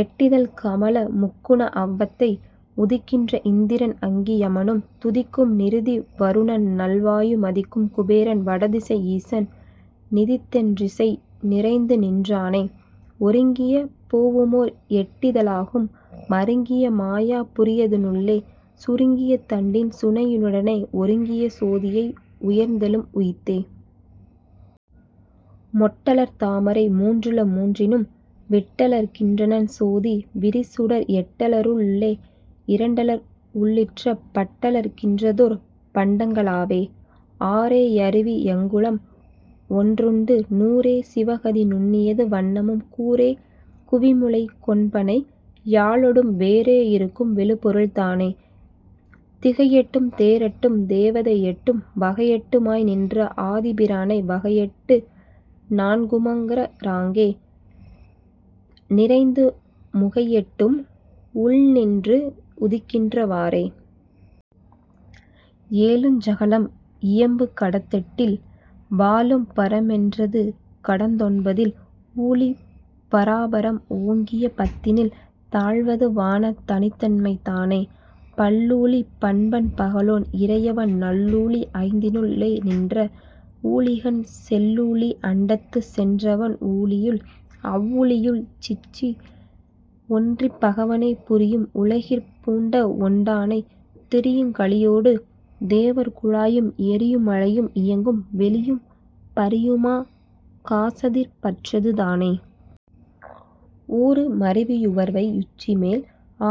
எட்டிதழ்க் கமல முக்குண அவத்தை உதிக்கின்ற இந்திரன் அங்கி யமனும் துதிக்கும் நிருதி வருணன்நல் வாயு மதிக்கும் குபேரன் வடதிசை யீசன் நிதித்தெண் டிசை நிறைந்துநின் றானே. ஒருங்கிய பூவுமோர் எட்டித ழாகும் மருங்கிய மாயா புரியத னுள்ளே சுருங்கிய தண்டின் சுழுனையி னூடே ஒருங்கிய சோதியை ஒர்ந்தெழும் உய்ந்தே. மொட்டலர் தாமரை மூன்றுள மூன்றினும் விட்டலர் கின்றனன் சோதி விரிசுடர் எட்டல ருள்ளே இரண்டலர் உள்ளிற்ற பட்டலர் கின்றதோர் பண்டங் களாவே. ஆறே யருவி யங்குளம் ஒன்றுண்டு நூறே சிவகதி நுண்ணிது வண்ணமும் கூறே குவிமுலைக் கொண்பனை யாளொடும் வேறே யிருக்கும் விழுபொருள் தானே. திகையெட்டும் தேரேட்டும் தேவதை எட்டும் வகையெட்டு மாய்நின்ற ஆதிப் பிரானை வகையெட்டு நான்குமற் றாங்கே நிறைந்து முகையெட்டும் உள்நின் றுதிக்கின்ற வாறே. ஏழுஞ் சகளம் இயம்பு கடந்தெட்டில் வாழும் பரமென் றதுகடந் தொன்பதில் ஊழி பராபரம் ஓங்கிய பத்தினில் தாழ்வது வான தனித்தன்மை தானே. பல்லூழி பண்பன் பகலோன் இறையவன் நல்லூழி ஐந்தினுள் ளேநின்ற வூழிகள் செல்லூழி அண்டத்துக் சென்றவவ் வூழியுள் அவ்வூழி யுச்சியு ள்ஒன்றிற் பகவனே புரியும் உலகிற் பூண்டவொட் டானை திரியுங் களிறொடு தேவர் குழாமும் எரியு மழையும் இயங்கும் வெளியும் பரியுமா காசத்திற் பற்றது தானே. ஊறு மருவி யுயர்வரை யுச்சிமேல்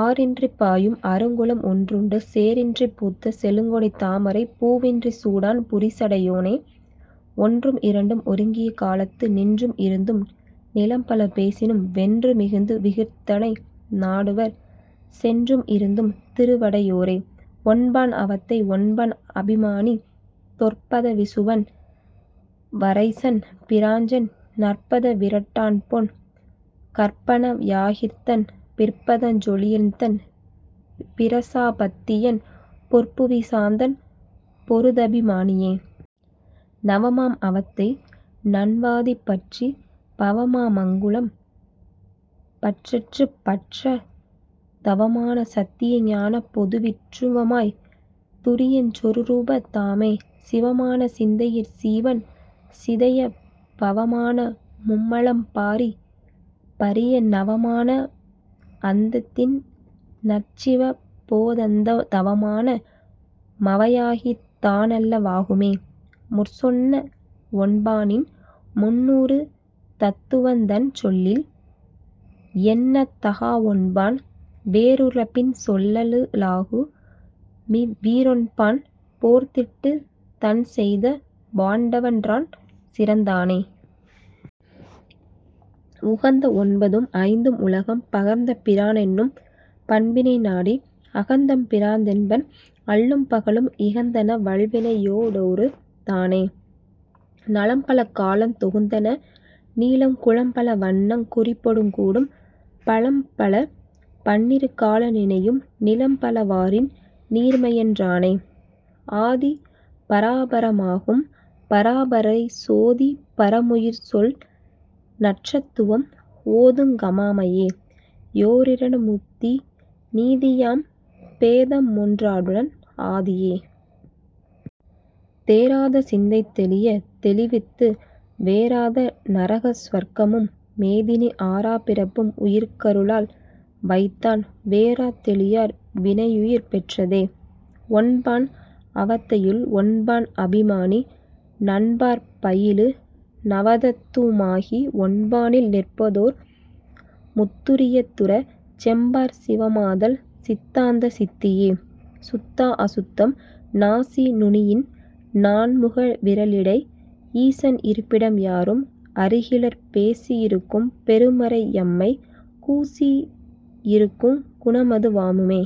ஆறின்றிப் பாயும் அருங்குளம் ஒன்றுண்டு சேறின்றிப் பூத்த செழுங்கொடித் தாமரைப் பூவின்றிச் சூடான் புரிசடை யோனே. ஒன்றும் இரண்டும் ஒருங்கிய காலத்து நின்றும் இருந்தும் நிலம்பல பேசினும் வென்று மிகுந்து விகிர்தனை நாடுவர் சென்றும் இருந்தும் திருவடை யோரே.. ஒன்பான் அவத்தை ஒன்பான் அபிமானி தொற்பத விசுவன் வறைசன் பிராஞ்ஞன் நற்பத விராட்டன்பொன் கர்ப்பனவ் யாகிர்தன் பிற்பதஞ் சொலிதையன் பிரசா பத்தியன் பொற்புவி சாந்தன் பொருதபி மானியே. நவமாம் அவத்தை நன்வாதி பற்றிற் பவமா மங்குணம் பற்றற்றுப் பற்றாத் தவமான சத்திய ஞானப் பொதுவிற் றுவமார் துரியஞ் சொருபம தாமே. சிவமான சிந்தையிற் சீவன் சிதைய பவமான மும்மலம் பாறிப் பறிய நவமான அந்தத்தின் நற்சிவ போதந் தவமான மவையாகித் தானல்ல வாகுமே. முன்சொன்ன வொன்பானின் முன்னுறு தத்துவந் தன்சொல்லில் எண்ணத்தகாவொன்பான் வேறுள பின்சொல்ல லாகுமிவ் வீரொன்பான் போர்த்திட்டுத் தன்செய்த வாண்டவன் றான்சிறந் தானே. உகந்த ஒன்பதும் ஐந்தும் உலகம் பகர்ந்த பிரானென்னும் பண்பினை நாடி அகந்தெம் பிரானென்பன் அல்லும் பகலும் இகந்தன வல்வினை யோடறுத் தானே. நலம்பல காலந் தொகுத்தன நீளங் குலம்பல வண்ணங் குறிப்பொடுங் கூடும் பலம்பல பன்னிரு கால நினையும் நிலம்பல வாறின் நீர்மையன் றானே. ஆதி பராபர மாகும் பராபரை சோதி பரமுயிர் சொல்லுநற் றத்துவம் ஓதுங் கமைமாயே யோரிரண் டோ ரமுத்தி நீதியாம் பேதமொன் பானுடன் ஆதியே. தேராத சிந்தை தெளியத் தெளிவித்து வேறாத நரக சுவர்க்கமும் மேதினி ஆறாப் பிறப்பும் உயிர்க்கரு ளால்வைத்தான் வேறாத் தெளியார் வினையுயிர் பெற்றதே. ஒன்பான் அவத்தையுள் ஒன்பான் அபிமானி நன்பாற் பயிலு நவதத் துவமாதி ஒன்பானில் நிற்பதோர் முத்துரி யத்துறச் செம்பாற் சிவமாதல் சித்தாந்த சித்தியே.. சுத்தாஅசுத்தம் நாசி நுனியினின் நான்குமூ விரலிடை ஈசன் இருப்பிடம் யாரும் அறிகிலர் பேசி யிருக்கும் பெருமறை யம்மை கூசி யிருக்குங் குணமது வாமே.